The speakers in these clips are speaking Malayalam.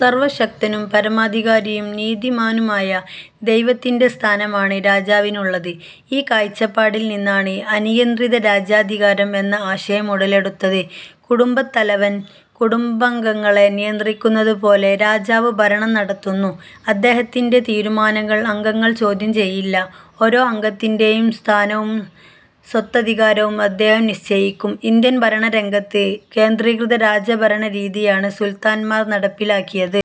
സർവശക്തനും പരമാധികാരിയും നീതിമാനുമായ ദൈവത്തിന്റെ സ്ഥാനമാണ് രാജാവിനുള്ളത്. ഈ കാഴ്ചപ്പാടിൽ നിന്നാണ് അനിയന്ത്രിത രാജാധികാരം എന്ന ആശയം ഉടലെടുത്തത്. കുടുംബത്തലവൻ കുടുംബാംഗങ്ങളെ നിയന്ത്രിക്കുന്നതുപോലെ രാജാവ് ഭരണം നടത്തുന്നു. അദ്ദേഹത്തിന്റെ തീരുമാനങ്ങൾ അംഗങ്ങൾ ചോദ്യം ചെയ്യില്ല. ഓരോ അംഗത്തിന്റെയും സ്ഥാനവും സ്വത്തധികാരവും അദ്ദേഹം നിശ്ച യിക്കും. ഇന്ത്യൻ ഭരണരംഗത്ത് കേന്ദ്രീകൃത രാജഭരണരീതിയാണ് സുൽത്താന്മാർ നടപ്പിലാക്കിയത്.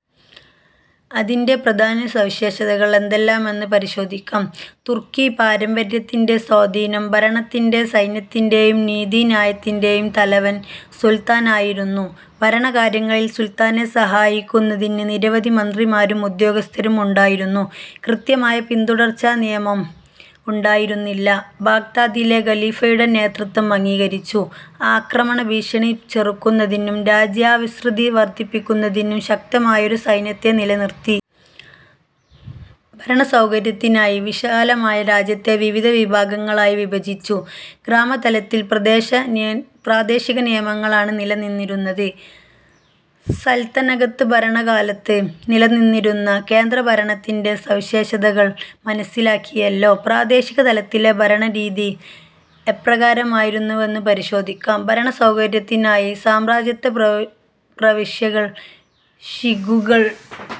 അതിന്റെ പ്രധാന സവിശേഷതകൾ എന്തെല്ലാമെന്ന് പരിശോധിക്കാം. തുർക്കി പാരമ്പര്യത്തിന്റെ സ്വാധീനം. ഭരണത്തിന്റെയും സൈന്യത്തിന്റെയും നീതി ന്യായത്തിന്റെയും തലവൻ സുൽത്താനായിരുന്നു. ഭരണകാര്യങ്ങളിൽ സുൽത്താനെ സഹായിക്കുന്നതിന് നിരവധി മന്ത്രിമാരും ഉദ്യോഗസ്ഥരും ഉണ്ടായിരുന്നു. കൃത്യമായ പിന്തുടർച്ചാ നിയമം ഉണ്ടായിരുന്നില്ല. ബാഗ്ദാദിലെ ഖലീഫയുടെ നേതൃത്വം അംഗീകരിച്ചു. ആക്രമണഭീഷണി ചെറുക്കുന്നതിനും രാജ്യവിസ്തൃതി വർധിപ്പിക്കുന്നതിനും ശക്തമായൊരു സൈന്യത്തെ നില നിർത്തി. ഭരണസൗകര്യത്തിനായി വിശാലമായ രാജ്യത്തെ വിവിധ വിഭാഗങ്ങളായി വിഭജിച്ചു. ഗ്രാമതലത്തിൽ പ്രാദേശികനിയമങ്ങളാണ് നിലനിന്നിരുന്നത്. സൽത്തനത്ത് ഭരണകാലത്തു നിലനിന്നിരുന്ന കേന്ദ്രഭരണത്തിന്റെ സവിശേഷതകൾ മനസ്സിലാക്കിയല്ലോ. പ്രാദേശികതലത്തിലെ ഭരണരീതി എപ്രകാരമായിരുന്നുവെന്നു പരിശോധിക്കാം. ഭരണസൗകര്യത്തിനായി സാമ്രാജ്യത്തെ പ്രവിശ്യകൾ, ഷിഖുകൾ,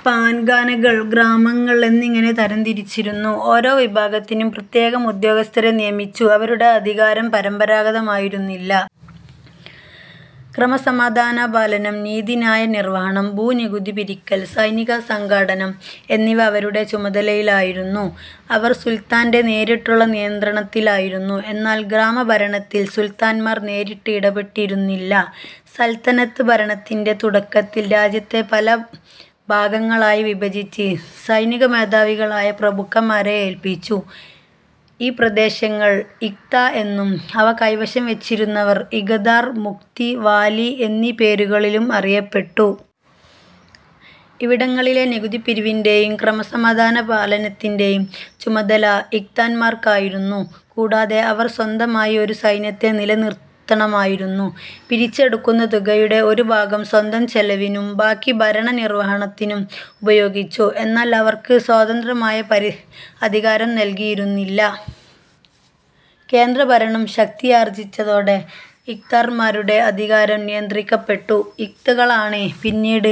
പർഗാനകൾ, ഗ്രാമങ്ങൾ എന്നിങ്ങനെ തരംതിരിച്ചിരുന്നു. ഓരോ വിഭാഗത്തിനും പ്രത്യേകം ഉദ്യോഗസ്ഥരെ നിയമിച്ചു. അവരുടെ അധികാരം പരമ്പരാഗതമായിരുന്നില്ല. ക്രമസമാധാനപാലനം, നീതി ന്യായനിർവഹണം, ഭൂനികുതി പിരിക്കൽ, സൈനികസംഘാടനം എന്നിവ അവരുടെ ചുമതലയായിരുന്നു. അവർ സുൽത്താന്റെ നേരിട്ടുള്ള നിയന്ത്രണത്തിലായിരുന്നു. എന്നാൽ ഗ്രാമഭരണത്തിൽ സുൽത്താന്മാർ നേരിട്ട് ഇടപെട്ടിരുന്നില്ല. സൽത്തനത്ത് ഭരണത്തിന്റെ തുടക്കത്തിൽ രാജ്യത്തെ പലഭാഗങ്ങളായി വിഭജിച്ച് സൈനികമേധാവികളായ പ്രഭുക്കന്മാരെ ഏൽപ്പിച്ചു. ഈ പ്രദേശങ്ങൾ ഇഖ്ത എന്നും അവ കൈവശം വച്ചിരുന്നവർ "ഇഖദാർ', "മുഖ്തി', 'വാലി' എന്നീ പേരുകളിലും അറിയപ്പെട്ടു. ഇവിടങ്ങളിലെ നികുതിപിരിവിന്റെയും ക്രമസമാധാന പാലനത്തിന്റെയും ചുമതല ഇഖ്ദാർമാർക്കായിരുന്നു. കൂടാതെ, അവർ സ്വന്തമായി ഒരു സൈന്യത്തെ നില നിർത്തണമായിരുന്നു. പിരിച്ചെടുക്കുന്ന തുകയുടെ ഒരു ഭാഗം സ്വന്തം ചെലവിനും ബാക്കി ഭരണനിർവഹണത്തിനും ഉപയോഗിച്ചു. എന്നാൽ അവർക്ക് സ്വതന്ത്രമായ അധികാരം നൽകിയിരുന്നില്ല. കേന്ദ്രഭരണം ശക്തിയാർജിച്ചതോടെ ഇഖ്ദാർമാരുടെ അധികാരം നിയന്ത്രിക്കപ്പെട്ടു. ഇഖ്തകളാണ് പിന്നീട്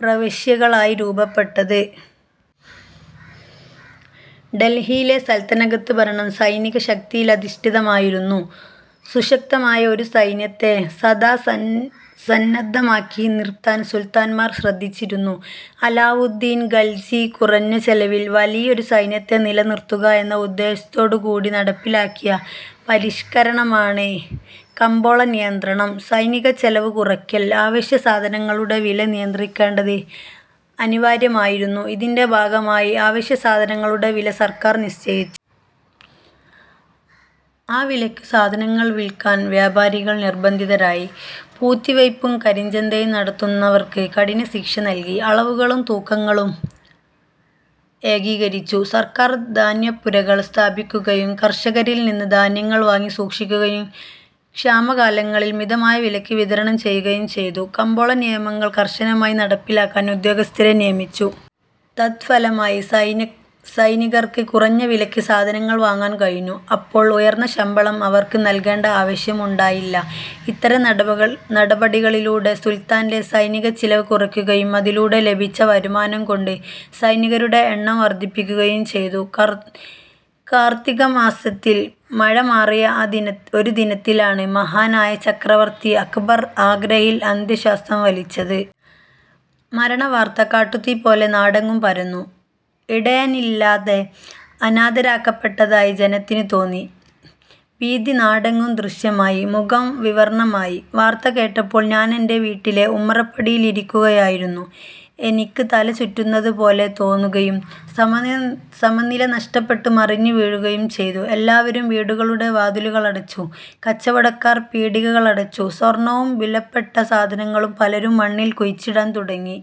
പ്രവിശ്യകളായി രൂപപ്പെട്ടത്. ഡൽഹിയിലെ സൽത്തനത്ത് ഭരണം സൈനിക ശക്തിയിലധിഷ്ഠിതമായിരുന്നു. സുശക്തമായ ഒരു സൈന്യത്തെ സദാ സന്നദ്ധമാക്കി നിർത്താൻ സുൽത്താന്മാർ ശ്രദ്ധിച്ചിരുന്നു. അലാവുദ്ദീൻ ഖൽജി കുറഞ്ഞ ചെലവിൽ വലിയൊരു സൈന്യത്തെ നിലനിർത്തുക എന്ന ഉദ്ദേശ്യത്തോടുകൂടി നടപ്പിലാക്കിയ പരിഷ്കരണമാണ് കമ്പോളനിയന്ത്രണം. സൈനികച്ചെലവ് കുറയ്ക്കാൻ അവശ്യസാധനങ്ങളുടെ വില നിയന്ത്രിക്കേണ്ടത് അനിവാര്യമായിരുന്നു. ഇതിന്റെ ഭാഗമായി അവശ്യസാധനങ്ങളുടെ വില സർക്കാർ നിശ്ചയിച്ചു. ആ വിലയ്ക്കു സാധനങ്ങൾ വിൽക്കാൻ വ്യാപാരികൾ നിർബന്ധിതരായി. പൂഴ്ത്തിവയ്ക്കും കരിഞ്ചന്തയും നടത്തുന്ന വർക്ക് കഠിനശിക്ഷ നൽകി. അളവുകളും തൂക്കങ്ങളും ഏകീകരിച്ചു. സർക്കാർ ധാന്യപ്പുരകൾ സ്ഥാപിക്കുകയും കർഷകരിൽനിന്ന് ധാന്യങ്ങൾ വാങ്ങി സൂക്ഷിക്കുകയും ക്ഷാമകാലങ്ങളിൽ മിതമായ വിലയ്ക്കു വിതരണം ചെയ്യുകയും ചെയ്തു. കമ്പോള നിയമങ്ങൾ കർശനമായി നടപ്പിലാക്കാൻ ഉദ്യോഗസ്ഥരെ നിയമിച്ചു. തദ്ഫലമായി സൈനികർക്ക് കുറഞ്ഞ വിലയ്ക്ക് സാധനങ്ങൾ വാങ്ങാൻ കഴിഞ്ഞു. അപ്പോൾ ഉയർന്ന ശമ്പളം അവർക്ക് നൽകേണ്ട ആവശ്യം ഉണ്ടായില്ല. ഇത്തരം നടപടികളിലൂടെ സുൽത്താൻ സൈനികച്ചെലവ് കുറയ്ക്കുകയും അതിലൂടെ ലഭിച്ച വരുമാനം കൊണ്ട് സൈനികരുടെ എണ്ണം വർധിപ്പിക്കുകയും ചെയ്തു. കാർത്തികമാസത്തിൽ മഴമാറിയ ഒരു ദിനത്തിലാണ് മഹാനായ ചക്രവർത്തി അക്ബർ ആഗ്രയിൽ അന്ത്യശ്വാസം വലിച്ചത്. മരണവാർത്ത കാട്ടുതീപോലെ നാടെങ്ങും പരന്നു. ഇടയനില്ലാതെ അനാഥരാക്കപ്പെട്ടതായി ജനത്തിനു തോന്നി. ഭീതി നാടെങ്ങും ദൃശ്യമായി, മുഖം വിവർണമായി... വാർത്ത കേട്ടപ്പോൾ ഞാനെന്റെ വീട്ടിലെ ഉമ്മറപ്പടിയിലിരിക്കുകയായിരുന്നു. എനിക്ക് തല ചുറ്റുന്നതുപോലെ തോന്നുകയും സമനില നഷ്ടപ്പെട്ട് മറിഞ്ഞു വീഴുകയും ചെയ്തു. എല്ലാവരും വീടുകളുടെ വാതിലുകളടച്ചു. കച്ചവടക്കാർ പീടികകളടച്ചു. സ്വർണവും വിലപ്പെട്ട സാധനങ്ങളും പലരും മണ്ണിൽ കുഴിച്ചിടാൻ തുടങ്ങി.